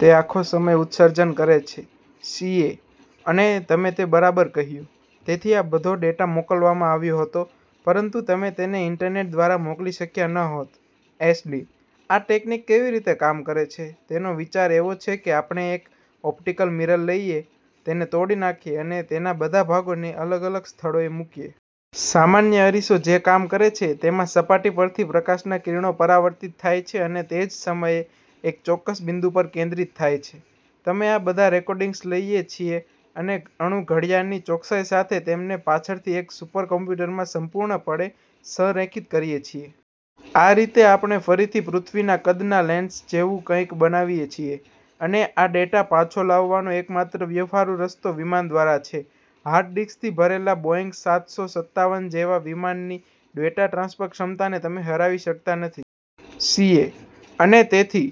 તે આખો સમય ઉત્સર્જન કરે છે. સીએ: અને તમે તે બરાબર કર્યું. તેથી આ બધો ડેટા મોકલવામાં આવ્યો હતો, પરંતુ તમે તેને ઇન્ટરનેટ દ્વારા મોકલી શક્યા ન હોત. એસડી: આ ટેકનિક કેવી રીતે કામ કરે છે તેનો વિચાર એવો છે કે આપણે એક ઓપ્ટિકલ મિરર લઈએ, તેને તોડી નાખીએ અને તેના બધા ભાગોને અલગ-અલગ સ્થળોએ મૂકીએ. સામાન્ય અરીસો જે રીતે કામ કરે છે, તેમાં સપાટી પરથી પ્રકાશના કિરણો પરાવર્તિત થાય છે અને તે જ સમયે એક ચોક્કસ બિંદુ પર કેન્દ્રિત થાય છે. અમે આ બધા રેકોર્ડિંગ્સ લઈએ છીએ અને અણુ ઘડિયાળની ચોકસાઈ સાથે તેમને પાછળથી એક સુપરકમ્પ્યુટરમાં સંપૂર્ણપણે સંરેખિત કરીએ છીએ. આ રીતે આપણે ફરીથી પૃથ્વીના કદના લેન્સ જેવું કંઈક બનાવીએ છીએ. અને આ ડેટા પાછો લાવવાનો એકમાત્ર વ્યવહારુ રસ્તો વિમાન દ્વારા છે. હાર્ડ ડિસ્કથી ભરેલા બોઇંગ સાતસો સત્તાવન જેવા વિમાનની ડેટા ટ્રાન્સફર ક્ષમતાને તમે હરાવી શકતા નથી. સીએ: અને તેથી,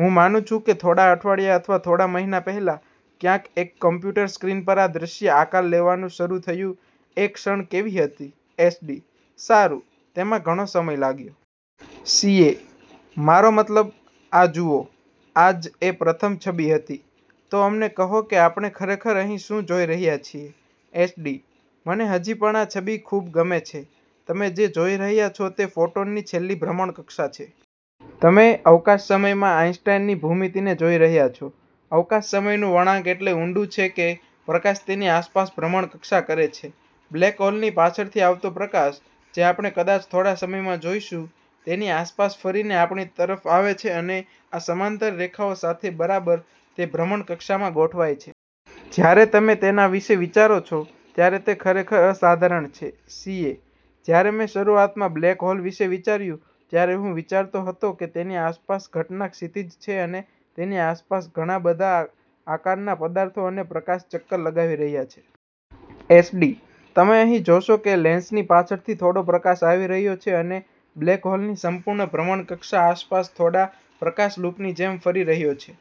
હું માનું છું કે થોડા અઠવાડિયા અથવા થોડા મહિના પહેલાં, ક્યાંક એક કમ્પ્યુટર સ્ક્રીન પર આ દૃશ્ય આકાર લેવાનું શરૂ થયું. એ ક્ષણ કેવી હતી? એસડી: સારું, તેમાં ઘણો સમય લાગ્યો. સીએ: મારો મતલબ, આ જુઓ. આ જ એ પ્રથમ છબી હતી. તો અમને કહો કે આપણે ખરેખર અહીં શું જોઈ રહ્યા છીએ. એસડી: મને હજી પણ આ છબી ખૂબ ગમે છે. તમે જે જોઈ રહ્યા છો તે ફોટોનની છેલ્લી ભ્રમણકક્ષા છે. તમે અવકાશ-સમયમાં આઈન્સ્ટાઈનની ભૂમિતિને જોઈ રહ્યા છો. અવકાશ-સમયનું વળાંક એટલું ઊંડું છે કે પ્રકાશ તેની આસપાસ ભ્રમણકક્ષા કરે છે. બ્લેક હોલની પાછળથી આવતો પ્રકાશ, જે આપણે કદાચ થોડા સમયમાં જોઈશું, તેની આસપાસ ફરીને આપણી તરફ આવે છે અને આ સમાંતર રેખાઓ સાથે બરાબર તે ભ્રમણકક્ષામાં ગોઠવાય છે. જ્યારે તમે તેના વિશે વિચારો છો, ત્યારે તે ખરેખર અસાધારણ છે. સીએ: જ્યારે મેં શરૂઆતમાં બ્લેક હોલ વિશે વિચાર્યું, ત્યારે હું વિચારતો હતો કે તેની આસપાસ ઘટના ક્ષિતિજ છે અને તેની આસપાસ ઘણા બધા આકારના પદાર્થો અને પ્રકાશ ચક્કર લગાવી રહ્યા છે. એસડી: તમે અહીં જોશો કે લેન્સની પાછળથી થોડો પ્રકાશ આવી રહ્યો છે અને બ્લેક હોલની સંપૂર્ણ ભ્રમણકક્ષા આસપાસ થોડો પ્રકાશ લૂપની જેમ ફરી રહ્યો છે.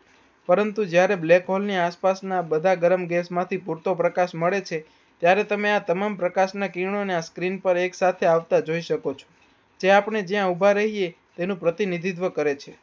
પરંતુ જ્યારે બ્લેક હોલની આસપાસના આ બધા ગરમ ગેસમાંથી પૂરતો પ્રકાશ મળે છે, ત્યારે તમે આ તમામ પ્રકાશનાં કિરણોને આ સ્ક્રીન પર એકસાથે આવતા જોઈ શકો છો, જે આપણે જ્યાં ઊભા છીએ તેનું પ્રતિનિધિત્વ કરે છે.